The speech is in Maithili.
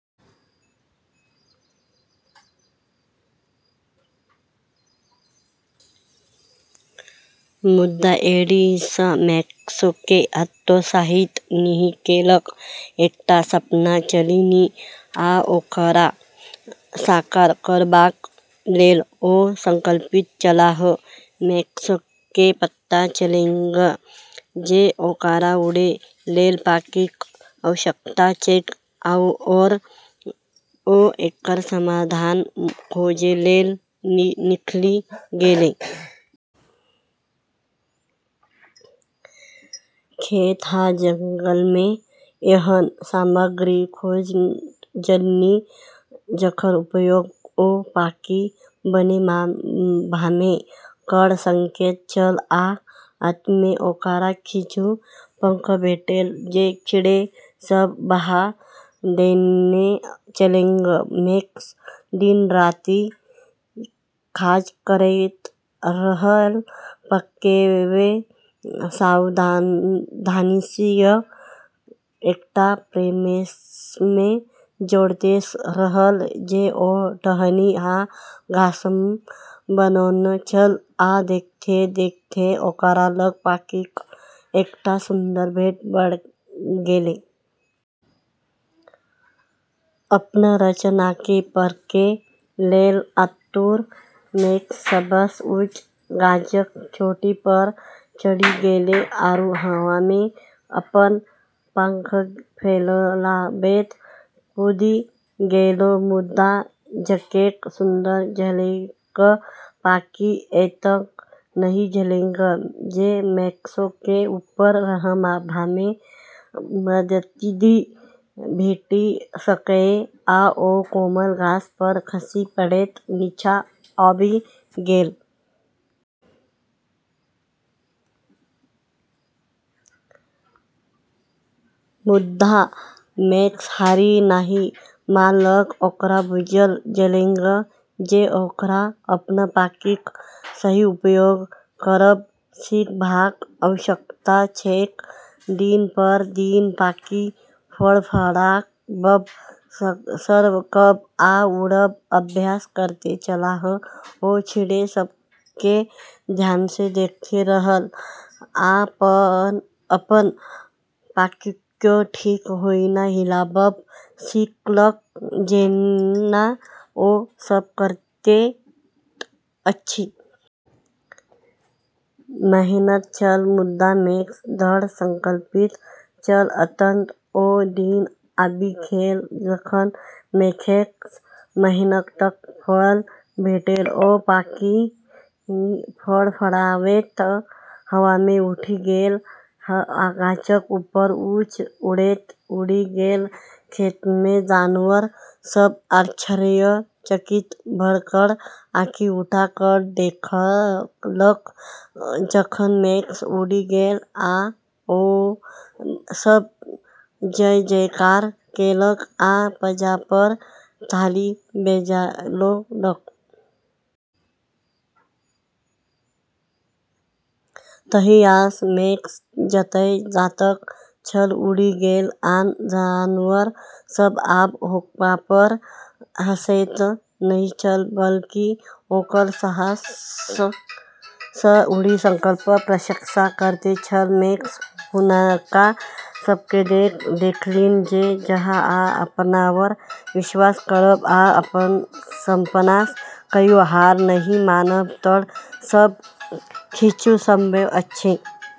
मुदा एहिसँ मैक्सकेँ हतोत्साहित नहि केलक। एकटा सपना छलनि, आ ओकरा साकार करबाक लेल ओ संकल्पित छलाह। मैक्सकेँ पता छलैक जे ओकरा उड़ै लेल पाँखिक आवश्यकता छैक, आओर ओ एकर समाधान खोजै लेल निकलि गेलै। खेत आ जंगलमे एहन सामग्री खोजलनि जकर उपयोग ओ पाँखि बनेबामे कऽ सकैत छल, आ अंतमे, ओकरा किछु पंख भेटल जे चिड़ै सभ बहा देने छलैक। मैक्स दिन-राति काज करैत रहल, पंखकेँ सावधानीसँ एकटा फ्रेममे जोड़ैत रहल जे ओ टहनी आ घाससँ बनौने छल, आ देखैत-देखैत, ओकरा लग पाँखिक एकटा सुन्दर सेट भऽ गेलै। अपन रचनाकेँ परखै लेल आतुर मैक्स सबसँ ऊँच गाछक चोटीपर चढ़ि गेलै आरू हवामे अपन पाँख फैलाबैत कूदि गेलै। मुदा जतेक सुन्दर छलैक, पाँखि एतेक नहि छलैक जे मैक्सकेँ ऊपर रहबामे मददि भेटि सकए, आ ओ कोमल घासपर खसि पड़ैत नीचाँ आबि गेल। मुदा मैक्स हार नहि मानलक। ओकरा बुझल छलैक जे ओकरा अपन पाँखिक सही उपयोग करब सीखबाक आवश्यकता छैक। दिन पर दिन पाँखि फड़फड़ाबब, सरकब आ उड़ब अभ्यास करैत छलाह। ओ चिड़ै सभकेँ ध्यानसँ देखैत रहल आ अपन पाँखिकेँ ठीक ओहिना हिलाबब सीखलक जेना ओ सभ करैत अछि। मेहनत छल, मुदा मैक्स दृढ़ संकल्पित छल। अंततः ओ दिन आबि गेल जखन मैक्सक मेहनतक फल भेटल। ओ पाँखि फड़फड़ाबैत हवामे उठि गेल आ गाछक ऊपर ऊँच उड़ैत उड़ि गेल। खेतमे जानवर सभ आश्चर्यचकित भऽ कऽ आँखि उठा कऽ देखलक जखन मैक्स उड़ि गेल, आ ओ सभ जय-जयकार केलक आ पंजापर ताली बजौलक। तहियासँ मैक्स जतय जाइत छल उड़ि गेल। आन जानवर सभ आब ओकरापर हँसैत नहि छल, बल्कि ओकर साहस आ दृढ़ संकल्पक प्रशंसा करैत छल। मैक्स हुनका सभकेँ देखा देलखिन जे जँ अहाँ अपनापर विश्वास करब आ अपन सपनासँ कहियो हार नहि मानब तऽ सब किछु संभव अछि।